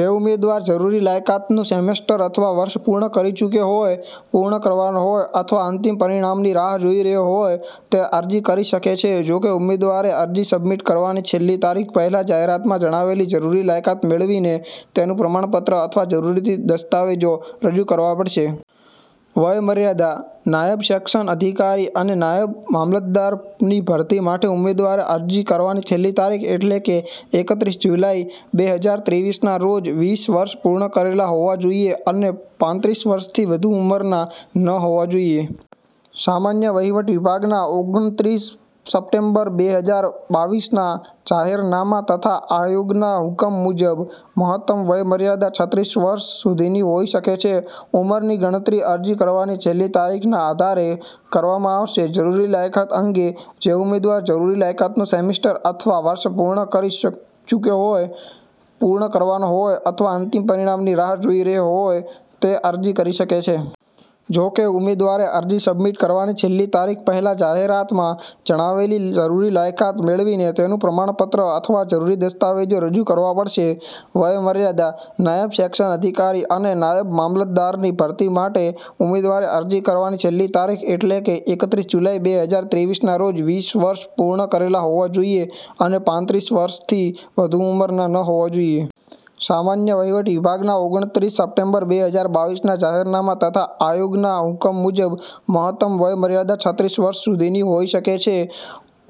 જે ઉમેદવાર જરૂરી લાયકાતનું સેમેસ્ટર અથવા વર્ષ પૂર્ણ કરી ચૂક્યો હોય, પૂર્ણ કરવાનો હોય અથવા અંતિમ પરિણામની રાહ જોઈ રહ્યો હોય તે અરજી કરી શકે છે. જોકે, ઉમેદવારે અરજી સબમિટ કરવાની છેલ્લી તારીખ પહેલાં જાહેરાતમાં જણાવેલી જરૂરી લાયકાત મેળવીને તેનું પ્રમાણપત્ર અથવા જરૂરી દસ્તાવેજો રજૂ કરવા પડશે. વયમર્યાદા, નાયબ સેક્શન અધિકારી અને નાયબ મામલતદારની ભરતી માટે ઉમેદવારે અરજી કરવાની છેલ્લી તારીખ, એટલે કે એકત્રીસ જુલાઈ બેહજાર ત્રેવીસના રોજ વીસ વર્ષ પૂર્ણ કરેલા હોવા જોઈએ અને પાંત્રીસ વર્ષથી વધુ ઉંમરના ન હોવા જોઈએ. સામાન્ય વહીવટ વિભાગના ઓગણત્રીસ સપ્ટેમ્બર બેહજાર બાવીસના જાહેરનામા તથા આયોગના હુકમ મુજબ, મહત્તમ વયમર્યાદા છત્રીસવર્ષ સુધીની હોઈ શકે છે. ઉંમરની ગણતરી અરજી કરવાની છેલ્લી તારીખના આધારે કરવામાં આવશે. જરૂરી લાયકાત અંગે, જે ઉમેદવાર જરૂરી લાયકાતનું સેમેસ્ટર અથવા વર્ષ પૂર્ણ કરી ચૂક્યો હોય, પૂર્ણ કરવાનો હોય અથવા અંતિમ પરિણામની રાહ જોઈ રહ્યો હોય તે અરજી કરી શકે છે. જોકે, ઉમેદવારે અરજી સબમિટ કરવાની છેલ્લી તારીખ પહેલાં જાહેરાતમાં જણાવેલી જરૂરી લાયકાત મેળવીને તેનું પ્રમાણપત્ર અથવા જરૂરી દસ્તાવેજો રજૂ કરવા પડશે. વયમર્યાદા, નાયબ સેક્શન અધિકારી અને નાયબ મામલતદારની ભરતી માટે ઉમેદવારે અરજી કરવાની છેલ્લી તારીખ, એટલે કે એકત્રીસ જુલાઈ બે હજાર ત્રેવીસના રોજ વીસ વર્ષ પૂર્ણ કરેલા હોવા જોઈએ અને પાંત્રીસ વર્ષથી વધુ ઉંમરના ન હોવા જોઈએ. સામાન્ય વહીવટ વિભાગના ઓગણત્રીસ સપ્ટેમ્બર બે હજાર બાવીસના જાહેરનામા તથા આયોગના હુકમ મુજબ, મહત્તમ વયમર્યાદા છત્રીસ વર્ષ સુધીની હોઈ શકે છે.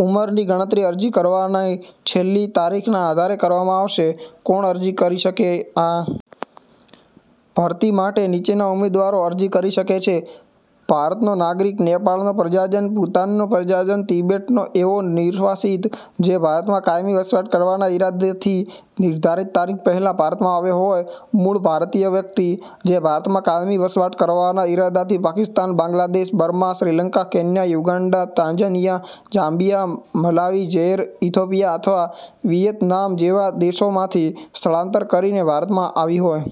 ઉંમરની ગણતરી અરજી કરવાની છેલ્લી તારીખના આધારે કરવામાં આવશે. કોણ અરજી કરી શકે?આ ભરતી માટે નીચેના ઉમેદવારો અરજી કરી શકે છે: ભારતનો નાગરિક, નેપાળનો પ્રજાજન, ભૂતાનનો પ્રજાજન, તિબેટનો એવો નિર્વાસિત, જે ભારતમાં કાયમી વસવાટ કરવાના ઇરાદાથી નિર્ધારિત તારીખ પહેલાં ભારતમાં આવ્યો હોય. મૂળ ભારતીય વ્યક્તિ, જે ભારતમાં કાયમી વસવાટ કરવાના ઇરાદાથી Pakistan, Bangladesh, Burma, Sri Lanka, Kenya, Uganda, Tanzania, Zambia, Malawi, Zaire, Ethiopia અથવા વિયેતનામ જેવા દેશોમાંથી સ્થળાંતર કરીને ભારતમાં આવી હોય.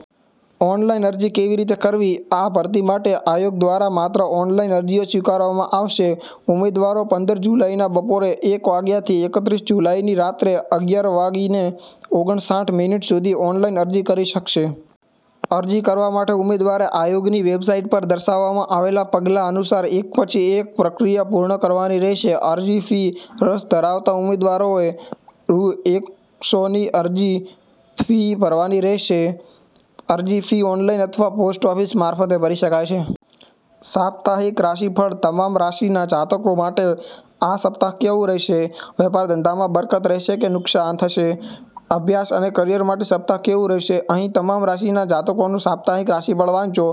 ઓનલાઈન અરજી કેવી રીતે કરવી? આ ભરતી માટે આયોગ દ્વારા માત્ર ઓનલાઈન અરજીઓ સ્વીકારવામાં આવશે. ઉમેદવારો પંદર જુલાઈના બપોરે એક વાગ્યાથી એકત્રીસ જુલાઈની રાત્રે અગિયાર વાગીને ઓગણસાઠ મિનિટ સુધી ઓનલાઈન અરજી કરી શકશે. અરજી કરવા માટે ઉમેદવારે આયોગની વેબસાઈટ પર દર્શાવવામાં આવેલા પગલાં અનુસાર એક પછી એક પ્રક્રિયા પૂર્ણ કરવાની રહેશે. અરજી ફી, રસ ધરાવતા ઉમેદવારોએ રૂ. એકસોની અરજી ફી ભરવાની રહેશે, અરજી ફી ઓનલાઈન અથવા પોસ્ટ ઓફિસ મારફતે ભરી શકાય છે. સાપ્તાહિક રાશિફળ, તમામ રાશિના જાતકો માટે આ સપ્તાહ કેવું રહેશે? વેપાર-ધંધામાં બરકત રહેશે કે નુકસાન થશે? અભ્યાસ અને કરિયર માટે સપ્તાહ કેવું રહેશે? અહીં તમામ રાશિના જાતકોનું સાપ્તાહિક રાશિફળ વાંચો.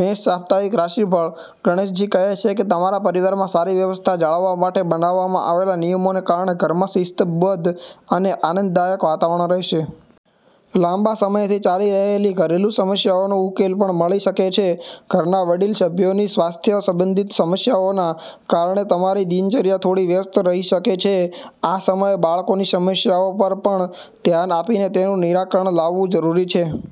મેષ સાપ્તાહિક રાશિફળ, ગણેશજી કહે છે કે તમારા પરિવારમાં સારી વ્યવસ્થા જાળવવા માટે બનાવવામાં આવેલા નિયમોને કારણે ઘરમાં શિસ્તબદ્ધ અને આનંદદાયક વાતાવરણ રહેશે. લાંબા સમયથી ચાલી રહેલી ઘરેલું સમસ્યાનો ઉકેલ પણ મળી શકે છે. ઘરના વડીલ સભ્યોની સ્વાસ્થ્ય સંબંધિત સમસ્યાઓના કારણે તમારી દિનચર્યા થોડી વ્યસ્ત રહી શકે છે. આ સમયે બાળકોની સમસ્યાઓ પર પણ ધ્યાન આપીને તેનું નિરાકરણ લાવવું જરૂરી છે.